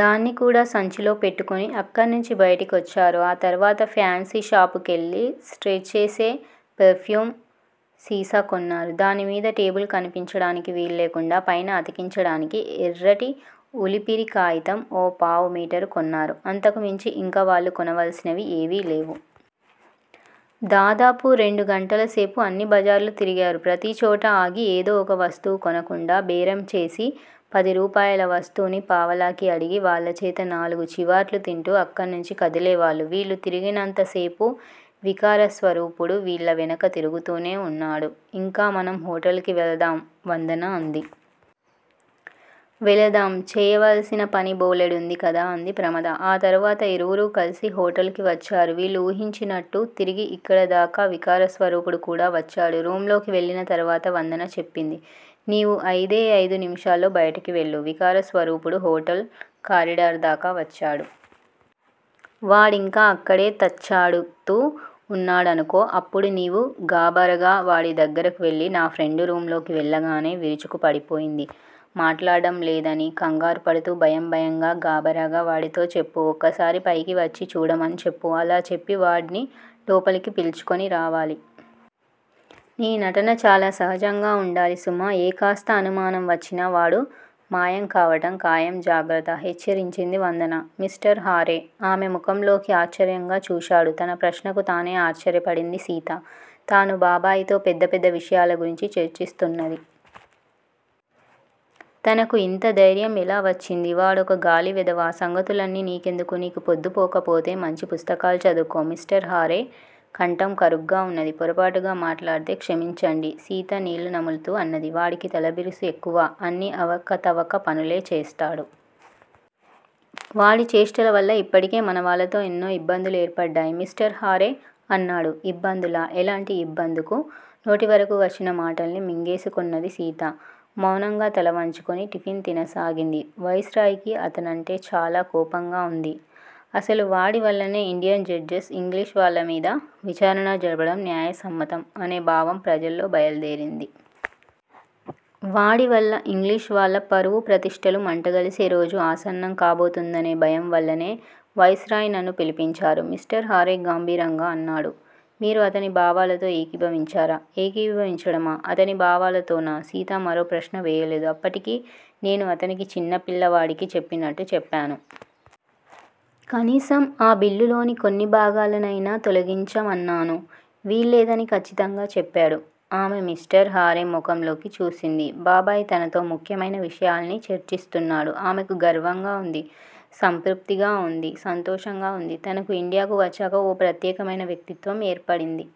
దాన్ని కూడా సంచీలో పెట్టుకొని అక్కడ్నించి బయటికొచ్చారు. ఆ తర్వాత ఫ్యాన్సీ షాపు కెళ్ళి స్ప్రేచేసే పెర్ ఫ్యూమ్ సీసా కొన్నారు. దానిమీద టేబుల్ కనిపించడానికి వీల్లేకుండా పైన అతికించడానికి ఎర్రటి ఉలిపిరి కాయితం ఓ పావు మీటర్ కొన్నారు. అంతకు మించి ఇంక వాళ్ళు కొనవలసినవి ఏవీలేవు. దాదాపు రెండు గంటలసేపు అన్ని బజార్లూ తిరిగారు. ప్రతిచోటా ఆగి ఏదో వక వస్తువు కొనకుండా బేరంచేసి పదిరూపాయిల వస్తువుని పావలాకి అడిగి వాళ్ళ చేత నాలుగు చివాట్లు తింటూ అక్కడ్నించి కదిలేవాళ్ళు. వీళ్ళు తిరిగినంతసేపూ వికారస్వరూపుడు వీళ్ళ వెనక తిరుగుతూనే వున్నాడు. ఇంక మనం హోటల్ కి వెళదాం వందన అంది. వెళదాం చేయవలసినపని బోలెడుంది కదా! అంది ప్రమద. ఆ తరవాత ఇరువురూ కలిసి హోటల్ కి వచ్చారు. వీళ్ళు ఊహించినట్టు తిరిగి ఇక్కడదాకా వికారస్వరూపుడు కూడా వచ్చాడు. రూమ్ లోకి వెళ్ళిన తర్వాత వందన చెప్పింది. నీవు అయిదే అయిదు నిమిషాల్లో బయటికి వెళ్ళు. వికారస్వరూపుడు హోటల్ కారిడార్ దాకా వచ్చాడు. వాడింకా అక్కడే తచ్చాడుతూ ఉన్నాడనుకో అప్పుడు నీవు గాభరాగా వాడి దగ్గరకు వెళ్ళి నా ఫ్రెండు రూమ్ లోకి వెళ్ళగానే విరుచుకు పడిపోయింది. మాట్లాడటం లేదని కంగారుపడుతూ భయంభయంగా గాభరాగా వాడితో చెప్పు. ఒక్కసారి పైకి వచ్చి చూడమని చెప్పు. అలా చెప్పి వాడిని లోపలికి పిల్చుకొనిరావాలి. నీ నటన చాలా సహజంగా ఉండాలి సుమా! ఏ కాస్త అనుమానం వచ్చినా వాడు మాయంకావటం ఖాయం జాగ్రత్త! హెచ్చరించింది వందన. మిస్టర్ హారే ఆమె ముఖంలోకి ఆశ్చర్యంగా చూశాడు. తన ప్రశ్నకు తానే ఆశ్చర్యపడింది సీత. తాను బాబాయితో పెద్ద పెద్ద విషయాల గురించి చర్చిస్తున్నది. తనకు ఇంత ధైర్యం ఎలా వచ్చింది? వాడొక గాలి వెధవ. ఆ సంగతులన్నీ నీకెందుకూ? నీకు పొద్దుపోకపోతే మంచి పుస్తకాలు చదువుకో. మిస్టర్ హారే కంఠం కరుగ్గా ఉన్నది. పొరపాటుగా మాట్లాడితే క్షమించండి సీత నీళ్ళునములుతూ అన్నది. వాడికి తలబిరుసు ఎక్కువ. అన్నీ అవకతవక పనులే చేస్తాడు. వాడి చేష్టలవల్ల ఇప్పటికే మనవాళ్ళతో ఎన్నో ఇబ్బందులు ఏర్పడ్డాయి మిస్టర్ హారే అన్నాడు. ఇబ్బందులా? ఎలాంటి ఇబ్బందుకు? నోటివరకు వచ్చిన మాటల్ని మింగేసుకొన్నది సీత. మౌనంగా తలవంచుకుని టిఫిన్ తినసాగింది. వైస్ రాయ్ కి అతనంటే చాలా కోపంగా ఉంది. అసలు వాడివల్లనే ఇండియన్ జడ్జెస్ ఇంగ్లీషు వాళ్ళమీద విచారణ జరపడం న్యాయసమ్మతం అనే భావం ప్రజల్లో బయలుదేరింది. వాడివల్ల ఇంగ్లీషు వాళ్ళ పరువుప్రతిష్టలు మంట గలిసేరోజు ఆసన్నం కాబోతుందనే భయంవల్లనే వైస్ రాయ్ నన్ను పిలిపించారు. మిస్టర్ హారే గంభీరంగా అన్నాడు. మీరు అతని భావాలతో ఏకీభవించారా? ఏకీభవించడమా? అతని భావాలతోనా? సీత మరో ప్రశ్న వేయలేదు. అప్పటికీ నేను అతనికి చిన్నపిల్లవాడికి చెప్పినట్టు చెప్పాను. కనీసం ఆ బిల్లులోని కొన్ని భాగాలనైనా తొలగించమన్నాను. వీల్లేదని ఖచ్చితంగా చెప్పాడు. ఆమె మిష్టర్ హారే ముఖంలోకి చూసింది. బాబాయ్ తనతో ముఖ్యమైన విషయాల్ని చర్చిస్తున్నాడు. ఆమెకు గర్వంగా ఉంది. సంతృప్తిగా ఉంది. సంతోషంగా ఉంది. తనకు ఇండియాకు వచ్చాక ఓ ప్రత్యేకమైన వ్యక్తిత్వం ఏర్పడింది.